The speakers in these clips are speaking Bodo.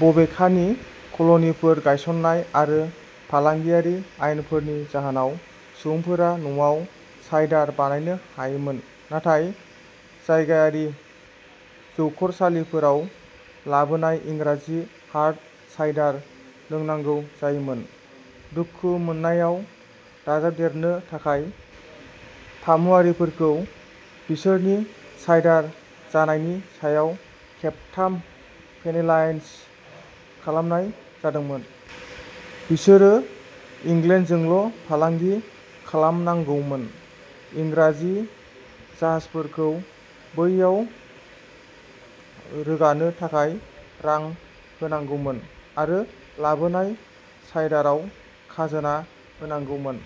बबेखानि, कल'निफोर गायसन्नाय आरो फालांगियारि आयेनफोरनि जाहोनाव, सुबुंफोरा न'आव साइडार बानायनो हायोमोन, नाथाय जायगायारि जौखरसालिफोराव लाबोनाय इंराजि हार्ड साइडार लोंनांगौ जायोमोन। दुखु मोननायाव दाजाबदेरनो थाखाय, फामुआरिफोरखौ बिसोरनि साइडार जानायनि सायाव खेबथाम पेनेलाइज खालामनाय जादोंमोन। बिसोरो इंलेन्डजोंल'फालांगि खालामनांगौमोन, इंराजि जाहाजफोरखौ बैयाव रोगानो थाखाय रां होनांगौमोन, आरो लाबोनाय साइडाराव खाजोना होनांगौमोन।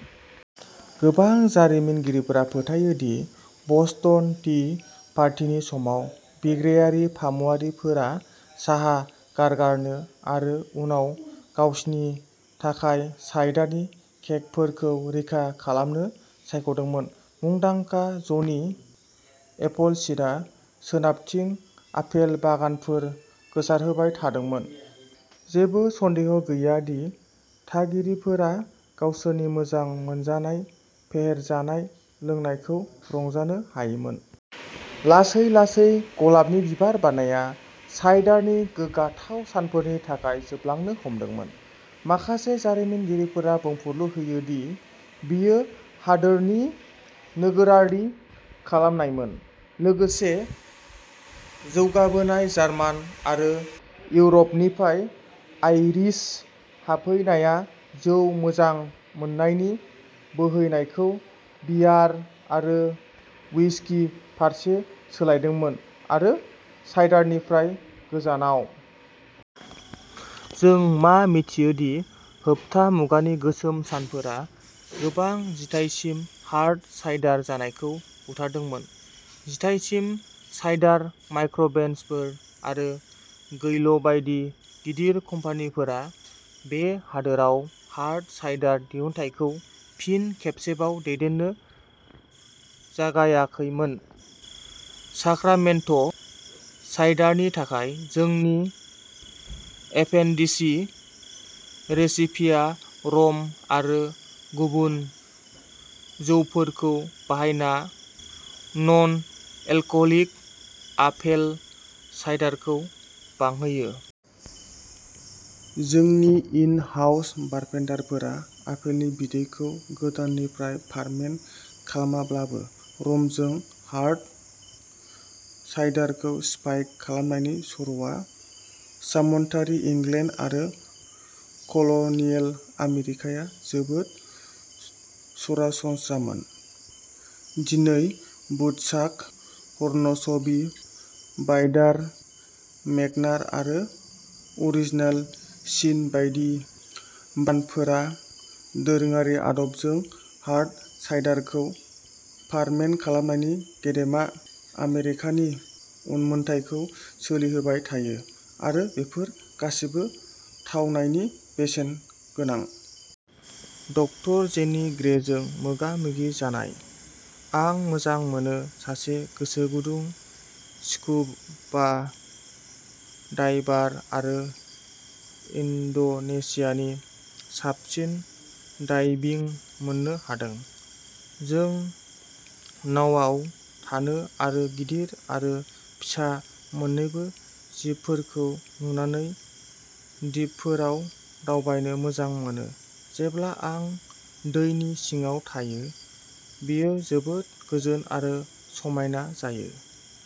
गोबां जारिमिनगिरिफोरा फोथायो दि बस्टन टी पार्टिनि समाव, बिग्रायारि फामुआरिफोरा साहा गारगारनो आरो उनाव गावसिनि थाखाय साइडारनि केगफोरखौ रैखा खालामनो सायख'दोंमोन। मुंदांखा जनि एपलसीडआ सोनाबथिं आपेल बागानफोर गोसारहोबाय थादोंमोन, जेबो सन्देह गैया दि थागिरिफोरा गावसोरनि मोजां मोनजानाय फेहेरजानाय लोंनायखौ रंजानो हायोमोन। लासै-लासै, गलाबनि बिबार बारनाया साइडारनि गोग्गाथाव सानफोरनि थाखाय जोबलांनो हमदोंमोन। माखासे जारिमिनगिरिफोरा बुंफुरलु होयो दि बेयो हादोरनि नोगोरारि खालामनायमोन, लोगोसे जौगाबोनाय जार्मान आरो इउर'पनिफ्राय आइरिश हाबफैनाया जौ मोजां मोननायनि बोहैनायखौ बियार आरो हुइस्कि फारसे सोलायदोंमोन, आरो साइडारनिफ्राय गोजानाव। जों मा मिथियो दि होबथा मुगानि गोसोम सानफोरा गोबां जिथायसिम हार्ड साइडार जानायखौ बुथारदोंमोन। जिथाइसिम साइडार माइक्र'बेचफोर आरो गैल'बायदि गिदिर कम्पानिफोरा बे हादोराव हार्ड साइडार दिहुनथायखौ फिन खेबसेबाव दैदेननो जागायाखैमोन। साक्रामेन्टो साइडारनि थाखाय जोंनि एफएनडिसि रेसिपिया रम आरो गुबुन जौफोरखौ बाहायना नन-एलकहलिक आपेल साइडारखौ बांहोयो। जोंनि इन-हाउस बारटेन्डारफोरा आपेलनि बिदैखौ गोदाननिफ्राय फार्मेन्ट खालामाब्लाबो, रमजों हार्ड साइडारखौ स्पाइक खालामनायनि सर'आ सामन्तारि इंलेन्ड आरो कल'नियेल आमेरिकायाव जोबोद सरासनस्रामोन। दिनै, वुडचाक, हर्नसबि, वाइडार, मेग्नार आरो अरिजिनाल सिन बायदि ब्रान्डफोरा दोरोङारि आदबजों हार्ड साइडारखौ फार्मेन्ट खालामनायनि गेदेमा आमेरिकानि उनमोनथाइखौ सोलिहोबाय थायो, आरो बेफोर गासैबो थावनायनि बेसेन गोनां। ड. जेनी ग्रेजों मोगा-मोगि जानायः "आं मोजां मोनो। सासे गोसोगुदुं स्कुबा डाइभार आरो इन्ड'नेसियानि साबसिन डाइभिं मोननो हादों। जों नावाव थानो आरो गिदिर आरो फिसा मोन्नैबो जिबफोरखौ नुनानै दिपफोराव दावबायनो मोजां मोनो। जेब्ला आं दैनि सिंङाव थायो, बेयो जोबोद गोजोन आरो समायना जायो।